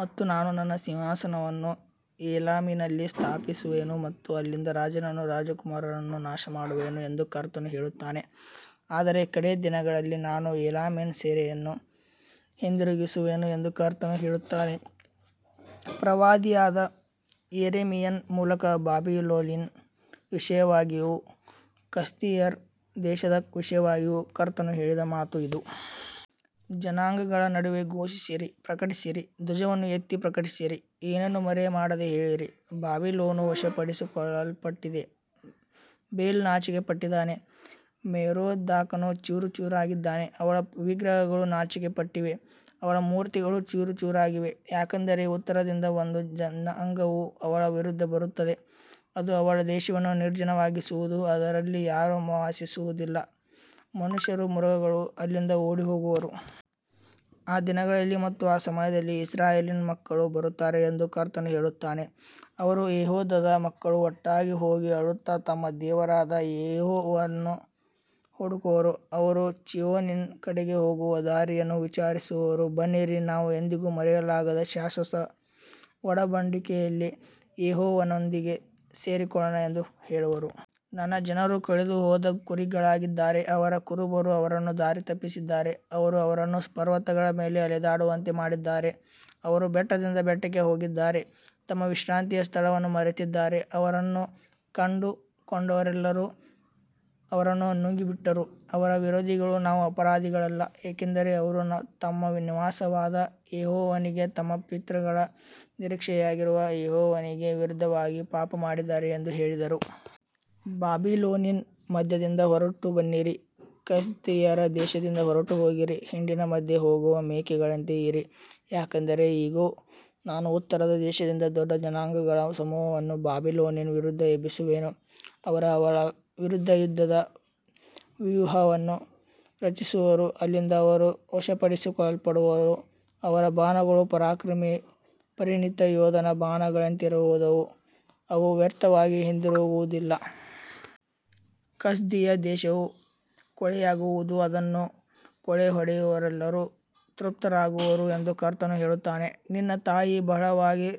ಮತ್ತು ನಾನು ನನ್ನ ಸಿಂಹಾಸನವನ್ನು ಏಲಾಮಿನಲ್ಲಿ ಸ್ಥಾಪಿಸುವೆನು ಮತ್ತು ಅಲ್ಲಿಂದ ರಾಜನನ್ನೂ ರಾಜಕುಮಾರರನ್ನೂ ನಾಶಮಾಡುವೆನು ಎಂದು ಕರ್ತನು ಹೇಳುತ್ತಾನೆ. ಆದರೆ ಕಡೇ ದಿನಗಳಲ್ಲಿ ನಾನು ಏಲಾಮಿನ ಸೆರೆಯನ್ನು ಹಿಂದಿರುಗಿಸುವೆನು ಎಂದು ಕರ್ತನು ಹೇಳುತ್ತಾನೆ. ಪ್ರವಾದಿಯಾದ ಯೆರೆಮೀಯನ ಮೂಲಕ ಬಾಬಿಲೋನಿನ ವಿಷಯವಾಗಿಯೂ ಕಸ್ದೀಯರ ದೇಶದ ವಿಷಯವಾಗಿಯೂ ಕರ್ತನು ಹೇಳಿದ ಮಾತು ಇದು. ಜನಾಂಗಗಳ ನಡುವೆ ಘೋಷಿಸಿರಿ, ಪ್ರಕಟಿಸಿರಿ, ಧ್ವಜವನ್ನು ಎತ್ತಿ ಪ್ರಕಟಿಸಿರಿ, ಏನನ್ನೂ ಮರೆಮಾಡದೆ ಹೇಳಿರಿ, ಬಾಬಿಲೋನು ವಶಪಡಿಸಿಕೊಳ್ಳಲ್ಪಟ್ಟಿದೆ, ಬೇಲ್ ನಾಚಿಕೆಪಟ್ಟಿದ್ದಾನೆ, ಮೆರೋದಾಕನು ಚೂರುಚೂರಾಗಿದ್ದಾನೆ, ಅವಳ ವಿಗ್ರಹಗಳು ನಾಚಿಕೆಪಟ್ಟಿವೆ, ಅವಳ ಮೂರ್ತಿಗಳು ಚೂರುಚೂರಾಗಿವೆ. ಯಾಕಂದರೆ ಉತ್ತರದಿಂದ ಒಂದು ಜನಾಂಗವು ಅವಳ ವಿರುದ್ಧ ಬರುತ್ತದೆ, ಅದು ಅವಳ ದೇಶವನ್ನು ನಿರ್ಜನವಾಗಿಸುವುದು, ಅದರಲ್ಲಿ ಯಾರೂ ವಾಸಿಸುವುದಿಲ್ಲ, ಮನುಷ್ಯರೂ ಮೃಗಗಳೂ ಅಲ್ಲಿಂದ ಓಡಿಹೋಗುವರು. ಆ ದಿನಗಳಲ್ಲಿ ಮತ್ತು ಆ ಸಮಯದಲ್ಲಿ ಇಸ್ರಾಯೇಲಿನ ಮಕ್ಕಳು ಬರುತ್ತಾರೆ ಎಂದು ಕರ್ತನು ಹೇಳುತ್ತಾನೆ, ಅವರೂ ಯೆಹೂದದ ಮಕ್ಕಳೂ ಒಟ್ಟಾಗಿ ಹೋಗಿ ಅಳುತ್ತಾ ತಮ್ಮ ದೇವರಾದ ಯೆಹೋವನನ್ನು ಹುಡುಕುವರು. ಅವರು ಚೀಯೋನಿನ ಕಡೆಗೆ ಹೋಗುವ ದಾರಿಯನ್ನು ವಿಚಾರಿಸುವರು, ಬನ್ನಿರಿ, ನಾವು ಎಂದಿಗೂ ಮರೆಯಲಾಗದ ಶಾಶ್ವತ ಒಡಂಬಡಿಕೆಯಲ್ಲಿ ಯೆಹೋವನೊಂದಿಗೆ ಸೇರಿಕೊಳ್ಳೋಣ ಎಂದು ಹೇಳುವರು. ನನ್ನ ಜನರು ಕಳೆದುಹೋದ ಕುರಿಗಳಾಗಿದ್ದಾರೆ, ಅವರ ಕುರುಬರು ಅವರನ್ನು ದಾರಿತಪ್ಪಿಸಿದ್ದಾರೆ, ಅವರು ಅವರನ್ನು ಪರ್ವತಗಳ ಮೇಲೆ ಅಲೆದಾಡುವಂತೆ ಮಾಡಿದ್ದಾರೆ, ಅವರು ಬೆಟ್ಟದಿಂದ ಬೆಟ್ಟಕ್ಕೆ ಹೋಗಿದ್ದಾರೆ, ತಮ್ಮ ವಿಶ್ರಾಂತಿಯ ಸ್ಥಳವನ್ನು ಮರೆತಿದ್ದಾರೆ. ಅವರನ್ನು ಕಂಡುಕೊಂಡವರೆಲ್ಲರೂ ಅವರನ್ನು ನುಂಗಿಬಿಟ್ಟರು, ಅವರ ವಿರೋಧಿಗಳು, ನಾವು ಅಪರಾಧಿಗಳಲ್ಲ, ಏಕೆಂದರೆ ಅವರು ತಮ್ಮ ನಿವಾಸವಾದ ಯೆಹೋವನಿಗೆ, ತಮ್ಮ ಪಿತೃಗಳ ನಿರೀಕ್ಷೆಯಾಗಿರುವ ಯೆಹೋವನಿಗೆ ವಿರುದ್ಧವಾಗಿ ಪಾಪಮಾಡಿದ್ದಾರೆ ಎಂದು ಹೇಳಿದರು. ಬಾಬಿಲೋನಿನ ಮಧ್ಯದಿಂದ ಹೊರಟುಬನ್ನಿರಿ, ಕಸ್ದೀಯರ ದೇಶದಿಂದ ಹೊರಟುಹೋಗಿರಿ, ಹಿಂಡಿನ ಮುಂದೆ ಹೋಗುವ ಮೇಕೆಗಳಂತೆ ಇರಿ. ಯಾಕಂದರೆ ಇಗೋ, ನಾನು ಉತ್ತರದ ದೇಶದಿಂದ ದೊಡ್ಡ ಜನಾಂಗಗಳ ಸಮೂಹವನ್ನು ಬಾಬಿಲೋನಿನ ವಿರುದ್ಧ ಎಬ್ಬಿಸುವೆನು, ಅವರು ಅವಳ ವಿರುದ್ಧ ಯುದ್ಧದ ವ್ಯೂಹವನ್ನು ರಚಿಸುವರು, ಅಲ್ಲಿಂದ ಅವಳು ವಶಪಡಿಸಿಕೊಳ್ಳಲ್ಪಡುವಳು, ಅವರ ಬಾಣಗಳು ಪರಾಕ್ರಮಿ ಪರಿಣಿತ ಯೋಧನ ಬಾಣಗಳಂತಿರುವವು, ಅವು ವ್ಯರ್ಥವಾಗಿ ಹಿಂದಿರುಗುವುದಿಲ್ಲ. ಕಸ್ದೀಯ ದೇಶವು ಕೊಳ್ಳೆಯಾಗುವುದು, ಅದನ್ನು ಕೊಳ್ಳೆಹೊಡೆಯುವವರೆಲ್ಲರೂ ತೃಪ್ತರಾಗುವರು ಎಂದು ಕರ್ತನು ಹೇಳುತ್ತಾನೆ. ನಿನ್ನ ತಾಯಿ ಬಹಳವಾಗಿ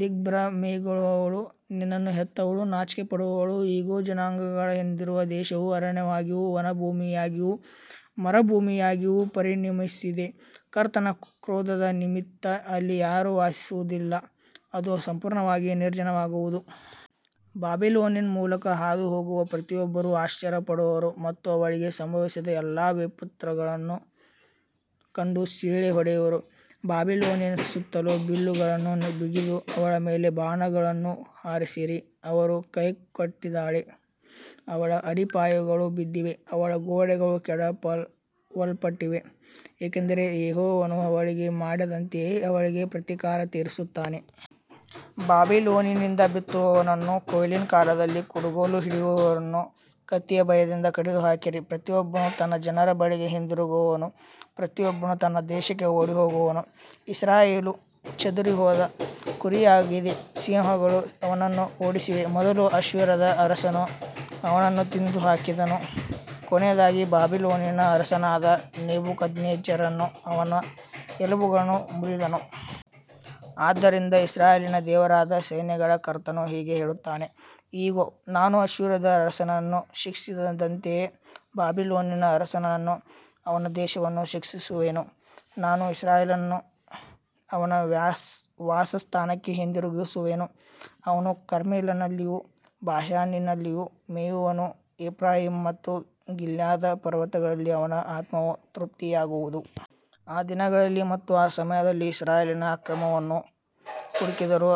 ದಿಗ್ಭ್ರಮೆಗೊಳ್ಳುವಳು, ನಿನ್ನನ್ನು ಹೆತ್ತವಳು ನಾಚಿಕೆಪಡುವಳು, ಇಗೋ, ಜನಾಂಗಗಳ ಹಿಂದಿರುವ ದೇಶವು ಅರಣ್ಯವಾಗಿಯೂ ಒಣಭೂಮಿಯಾಗಿಯೂ ಮರುಭೂಮಿಯಾಗಿಯೂ ಪರಿಣಮಿಸಿದೆ. ಕರ್ತನ ಕ್ರೋಧದ ನಿಮಿತ್ತ ಅಲ್ಲಿ ಯಾರೂ ವಾಸಿಸುವುದಿಲ್ಲ, ಅದು ಸಂಪೂರ್ಣವಾಗಿ ನಿರ್ಜನವಾಗುವುದು. ಬಾಬಿಲೋನಿನ ಮೂಲಕ ಹಾದುಹೋಗುವ ಪ್ರತಿಯೊಬ್ಬರೂ ಆಶ್ಚರ್ಯಪಡುವರು ಮತ್ತು ಅವಳಿಗೆ ಸಂಭವಿಸಿದ ಎಲ್ಲಾ ವಿಪತ್ತುಗಳನ್ನು ಕಂಡು ಸಿಳ್ಳೆ ಹೊಡೆಯುವರು. ಬಾಬಿಲೋನಿನ ಸುತ್ತಲೂ ಬಿಲ್ಲುಗಳನ್ನು ಬಿಗಿದು ಅವಳ ಮೇಲೆ ಬಾಣಗಳನ್ನು ಹಾರಿಸಿರಿ, ಅವಳು ಕೈಕೊಟ್ಟಿದ್ದಾಳೆ, ಅವಳ ಅಡಿಪಾಯಗಳು ಬಿದ್ದಿವೆ, ಅವಳ ಗೋಡೆಗಳು ಕೆಡವಲ್ಪಟ್ಟಿವೆ, ಏಕೆಂದರೆ ಯೆಹೋವನು ಅವಳಿಗೆ ಮಾಡಿದಂತೆಯೇ ಅವಳಿಗೆ ಪ್ರತೀಕಾರ ತೀರಿಸುತ್ತಾನೆ. ಬಾಬಿಲೋನಿನಿಂದ ಬಿತ್ತುವವನನ್ನೂ ಕೊಯ್ಲಿನ ಕಾಲದಲ್ಲಿ ಕುಡುಗೋಲು ಹಿಡಿಯುವವನನ್ನೂ ಕತ್ತಿಯ ಭಯದಿಂದ ಕಡಿದುಹಾಕಿರಿ, ಪ್ರತಿಯೊಬ್ಬನೂ ತನ್ನ ಜನರ ಬಳಿಗೆ ಹಿಂದಿರುಗುವನು, ಪ್ರತಿಯೊಬ್ಬನೂ ತನ್ನ ದೇಶಕ್ಕೆ ಓಡಿಹೋಗುವನು. ಇಸ್ರಾಯೇಲು ಚದುರಿಹೋದ ಕುರಿಯಾಗಿದೆ, ಸಿಂಹಗಳು ಅವನನ್ನು ಓಡಿಸಿವೆ, ಮೊದಲು ಅಶ್ಶೂರದ ಅರಸನು ಅವನನ್ನು ತಿಂದುಹಾಕಿದನು, ಕೊನೆಯದಾಗಿ ಬಾಬಿಲೋನಿನ ಅರಸನಾದ ನೆಬೂಕದ್ನೆಚ್ಚರನು ಅವನ ಎಲುಬುಗಳನ್ನು ಮುರಿದನು. ಆದ್ದರಿಂದ ಇಸ್ರಾಯೇಲಿನ ದೇವರಾದ ಸೈನ್ಯಗಳ ಕರ್ತನು ಹೀಗೆ ಹೇಳುತ್ತಾನೆ, ಇಗೋ, ನಾನು ಅಶ್ಶೂರದ ಅರಸನನ್ನು ಶಿಕ್ಷಿಸಿದಂತೆಯೇ ಬಾಬಿಲೋನಿನ ಅರಸನನ್ನೂ ಅವನ ದೇಶವನ್ನೂ ಶಿಕ್ಷಿಸುವೆನು. ನಾನು ಇಸ್ರಾಯೇಲನ್ನು ಅವನ ವಾಸಸ್ಥಾನಕ್ಕೆ ಹಿಂದಿರುಗಿಸುವೆನು, ಅವನು ಕರ್ಮೆಲಿನಲ್ಲಿಯೂ ಬಾಷಾನಿನಲ್ಲಿಯೂ ಮೇಯುವನು, ಎಫ್ರಾಯೀಮ್ ಮತ್ತು ಗಿಲ್ಯಾದ್ ಪರ್ವತಗಳಲ್ಲಿ ಅವನ ಆತ್ಮವು ತೃಪ್ತಿಯಾಗುವುದು. ಆ ದಿನಗಳಲ್ಲಿ ಮತ್ತು ಆ ಸಮಯದಲ್ಲಿ ಇಸ್ರಾಯೇಲಿನ ಅಕ್ರಮವನ್ನು ಹುಡುಕಿದರೂ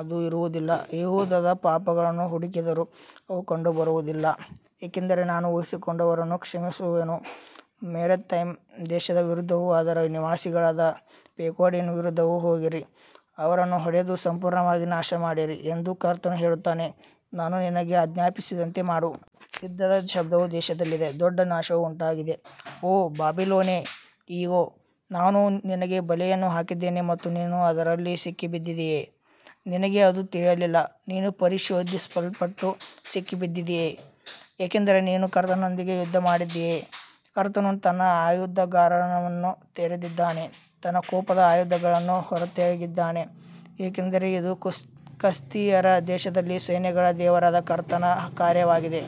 ಅದು ಇರುವುದಿಲ್ಲ, ಯೆಹೂದದ ಪಾಪಗಳನ್ನೂ ಹುಡುಕಿದರೂ ಅವು ಕಂಡುಬರುವುದಿಲ್ಲ, ಏಕೆಂದರೆ ನಾನು ಉಳಿಸಿಕೊಂಡವರನ್ನು ಕ್ಷಮಿಸುವೆನು. ಮೆರತೈಮ್ ದೇಶದ ವಿರುದ್ಧವೂ, ಅದರ ನಿವಾಸಿಗಳಾದ ಪೆಕೋಡಿನ ವಿರುದ್ಧವೂ ಹೋಗಿರಿ, ಅವರನ್ನು ಹೊಡೆದು ಸಂಪೂರ್ಣವಾಗಿ ನಾಶಮಾಡಿರಿ ಎಂದು ಕರ್ತನು ಹೇಳುತ್ತಾನೆ, ನಾನು ನಿನಗೆ ಆಜ್ಞಾಪಿಸಿದಂತೆ ಮಾಡು. ಯುದ್ಧದ ಶಬ್ದವು ದೇಶದಲ್ಲಿದೆ, ದೊಡ್ಡ ನಾಶವು ಉಂಟಾಗಿದೆ. ಓ ಬಾಬಿಲೋನೇ, ಇಗೋ, ನಾನು ನಿನಗೆ ಬಲೆಯನ್ನು ಹಾಕಿದ್ದೇನೆ ಮತ್ತು ನೀನು ಅದರಲ್ಲಿ ಸಿಕ್ಕಿಬಿದ್ದಿದ್ದೀಯೆ, ನಿನಗೆ ಅದು ತಿಳಿಯಲಿಲ್ಲ, ನೀನು ಪರಿಶೋಧಿಸಲ್ಪಟ್ಟು ಸಿಕ್ಕಿಬಿದ್ದಿದ್ದೀಯೆ, ಏಕೆಂದರೆ ನೀನು ಕರ್ತನೊಂದಿಗೆ ಯುದ್ಧಮಾಡಿದ್ದೀಯೆ. ಕರ್ತನು ತನ್ನ ಆಯುಧಾಗಾರವನ್ನು ತೆರೆದಿದ್ದಾನೆ, ತನ್ನ ಕೋಪದ ಆಯುಧಗಳನ್ನು ಹೊರತೆಗೆದಿದ್ದಾನೆ, ಏಕೆಂದರೆ ಇದು ಕಸ್ದೀಯರ ದೇಶದಲ್ಲಿ ಸೈನ್ಯಗಳ ದೇವರಾದ ಕರ್ತನ ಕಾರ್ಯವಾಗಿದೆ.